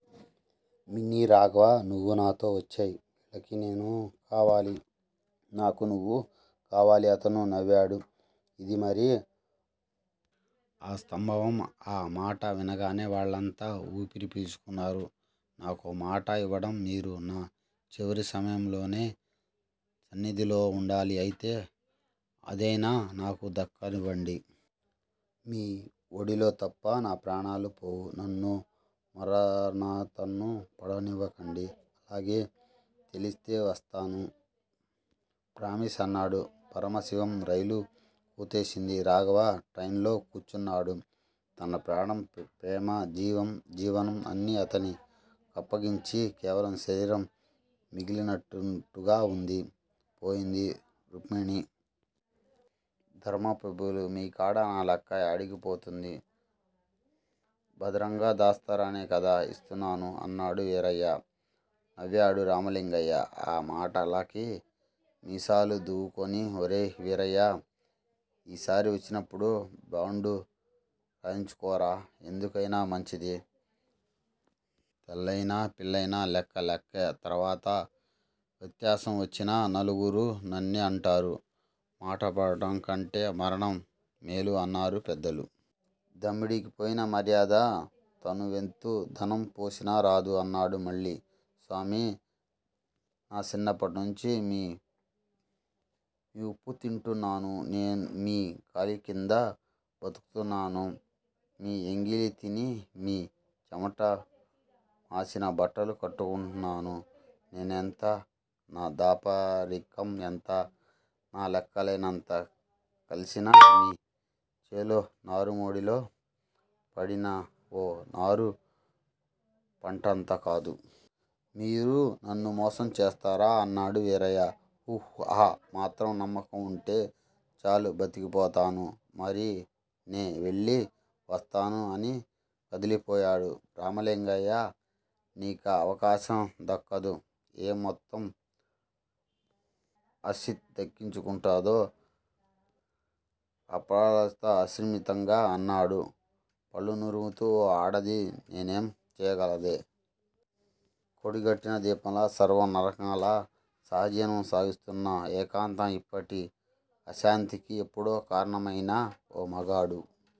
Mini Raghava! నువు నాతో వచ్చేయ్. వీళ్ళకి నేను కావాలి. నాకు నువ్వు కావాలి. అతను నవ్వాడు. ఇది మరీ ఆసంభవం. ఆ మాట వినగానే వాళ్ళంతా ఉపిరి పీల్చుకున్నారు. నాకో మాట ఇవ్వడం! మీరు నా చివరి సమయంలోనే సన్నిధిలో ఉండాలి. అంతే! అదయినా నాకు దక్కనివండి. మీ ఒడిలో తప్ప నా ప్రాణాలు పోవు. నన్ను మరణతను పడనివకండి! అలాగే! తెలిస్తే వస్తాను. ప్రామిస్! అన్నాడు పరమశివం. రైలు కుతేసింది రాఘవ ట్రెయిన్ లో కూర్చున్నాడు. తన ప్రాణం, ప్రేమ జీవం జీవనం అన్నీ అతని కప్పగించి కేవలం శరీరం మిగిలినట్టునట్టు గా ఉంది పోయింది రుక్మిణి. ధర్మ పభువులు, మీ కాడ నా లెక్క యాడికి పోతుంది. బద్దరంగా దాస్తారనే కదా యిస్తున్నాను అన్నాడు వీరయ్య. నవ్వాడు రామలింగయ్య. ఆ మాటలకి. మీసాలు దువ్వుకుని ఒరే వీరయ్య! ఈసారి వచ్చినపుడు బాండు రాయించుకోరా. ఎందుకయినా మంచిది. తల్లయినా, పిల్లయినా లెక్క లెక్కే! తర్వాత వ్యత్యాసం వచ్చినా నలుగురు నన్నే అంటారు మాట పడటం కంటే మరణం మేలు అన్నారు పెద్దలు. దమ్మిడికి పోయిన మర్యాద తనువెత్తు ధనం పోసినా రాదు అన్నాడు మళ్ళీ. సామీ! నా సిన్నప్పటి నుంచి మీ వుప్పు తింటున్నాను. నేను మీ కాలి కింద బతుకుతున్నాను. మీ ఎంగిలి తిని, మీ చెమట మాసిన బట్టలు కట్టుకున్నాను. నేనెంత? నా దాపరికం ఎంత? నా లెక్కలేనంతా కలిసినా మీ చేలో నారుమడిలో పడిన ఒ నారు పంటంత కాదు. మీరు నన్ను మోసం చేస్తారా? అన్నాడు వీరయ్య. ఊహా ఆ మాత్రం నమ్మకం ఉంటే చాలు బతికిపోతాను. మరీ నే వెళ్ళి వస్తాను అని కదిలిపోయాడు రామలింగయ్య. నీకా అవకాశం దక్కదు ఏం మొత్తం ఆశ్రితే దక్కించుకుంటాదో? ఆప్టరాల్ అస్థిమితంగా అన్నాడు పళ్ళునురుముతూ ఓ ఆడది నన్నేం చెయ్యగలదే. కొడిగట్టిన దీపంలా సర్వ నరకాల సహజీవనం సాగిస్తున్న ఏకాంత యిప్పటి అశాంతికి ఎప్పుడో కారణమయిన ఓ మగాడు